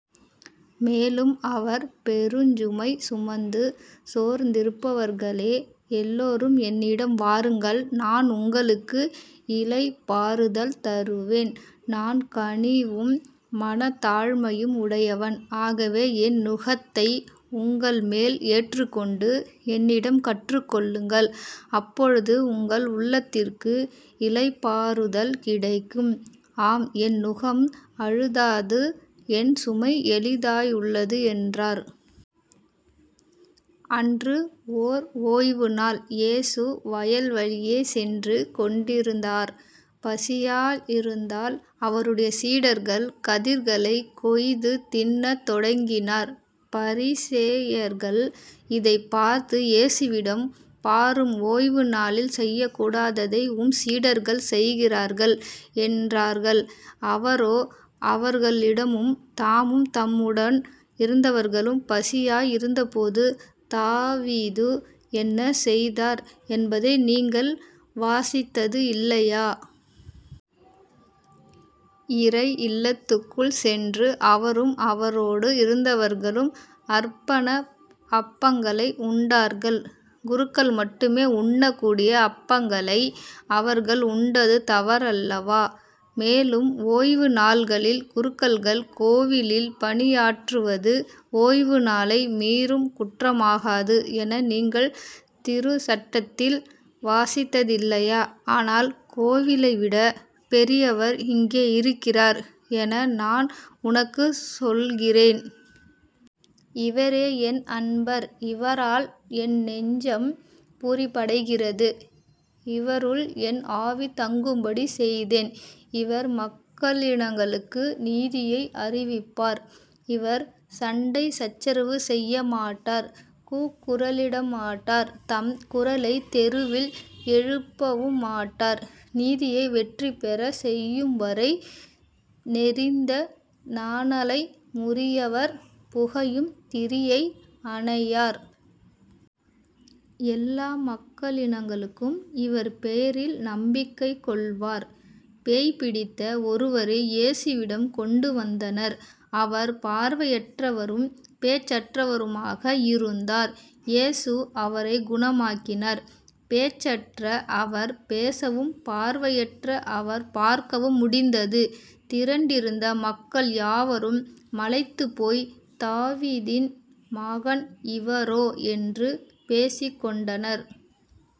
மேலும் அவர் பெருஞ்சுமை சுமந்து சோர்ந்திருப்பவர்களே எல்லாரும் என்னிடம் வாருங்கள் நான் உங்களுக்கு இளைப்பாறுதல் தருவேன். நான் கனிவும் மனத்தாழ்மையும் உடையவன். ஆகவே என் நுகத்தை உங்கள்மேல் ஏற்றுக்கொண்டு என்னிடம் கற்றுக்கொள்ளுங்கள். அப்பொழுது உங்கள் உள்ளத்திற்கு இளைப்பாறுதல் கிடைக்கும். ஆம் என் நுகம் அழுத்தாது என் சுமை எளிதாயுள்ளது என்றார். அன்று ஓர் ஓய்வுநாள். இயேசு வயல்வழியே சென்று கொண்டிருந்தார். பசியாயிருந்ததால் அவருடைய சீடர்கள் கதிர்களைக் கொய்து தின்னத் தொடங்கினார். பரிசேயர்கள் இதைப் பார்த்து இயேசுவிடம் பாரும் ஓய்வு நாளில் செய்யக்கூடாததை உம் சீடர்கள் செய்கிறார்கள் என்றார்கள். அவரோ அவர்களிடமும் தாமும் தம்முடன் இருந்தவர்களும் பசியாய் இருந்தபோது தாவீது என்ன செய்தார் என்பதை நீங்கள் வாசித்தது இல்லையா? இறை இல்லத்திற்குள் சென்று அவரும் அவரோடு இருந்தவர்களும் அர்ப்பண அப்பங்களை உண்டார்கள். குருக்கள் மட்டுமே உண்ணக்கூடிய அப்பங்களை அவர்கள் உண்டது தவறல்லவா? மேலும் ஓய்வு நாள்களில் குருக்கள் கோவிலில் பணியாற்றுவது ஓய்வுநாளை மீறும் குற்றமாகாது என நீங்கள் திருச்சட்டத்தில் வாசித்ததில்லையா? ஆனால் கோவிலைவிடப் பெரியவர் இங்கே இருக்கிறார் என நான் உங்களுக்குச் சொல்லுகிறேன். இவரே என் அன்பர் இவரால் என் நெஞ்சம் பூரிப்படைகிறது இவருள் என் ஆவி தங்கும்படி செய்தேன் இவர் மக்களினங்களுக்கு நீதியை அறிவிப்பார். இவர் சண்டை சச்சரவு செய்யமாட்டார் கூக்குரலிடமாட்டார் தம் குரலைத் தெருவில் எழுப்பவும்மாட்டார் நீதியை வெற்றி பெறச் செய்யும்வரை நெரிந்த நாணலை முறியார் புகையும் திரியை அணையார். எல்லா மக்களினங்களும் இவர் பெயரில் நம்பிக்கை கொள்வர். பேய்பிடித்த ஒருவரை இயேசுவிடம் கொண்டுவந்தனர். அவர் பார்வையற்றவரும் பேச்சற்றவருமாக இருந்தார். இயேசு அவரைக் குணமாக்கினார். பேச்சற்ற அவர் பேசவும் பார்வையற்ற அவர் பார்க்கவும் முடிந்தது. திரண்டிருந்த மக்கள் யாவரும் மலைத்துப் போய், தாவீதின் மகன் இவரோ? என்று பேசிக்கொண்டனர்.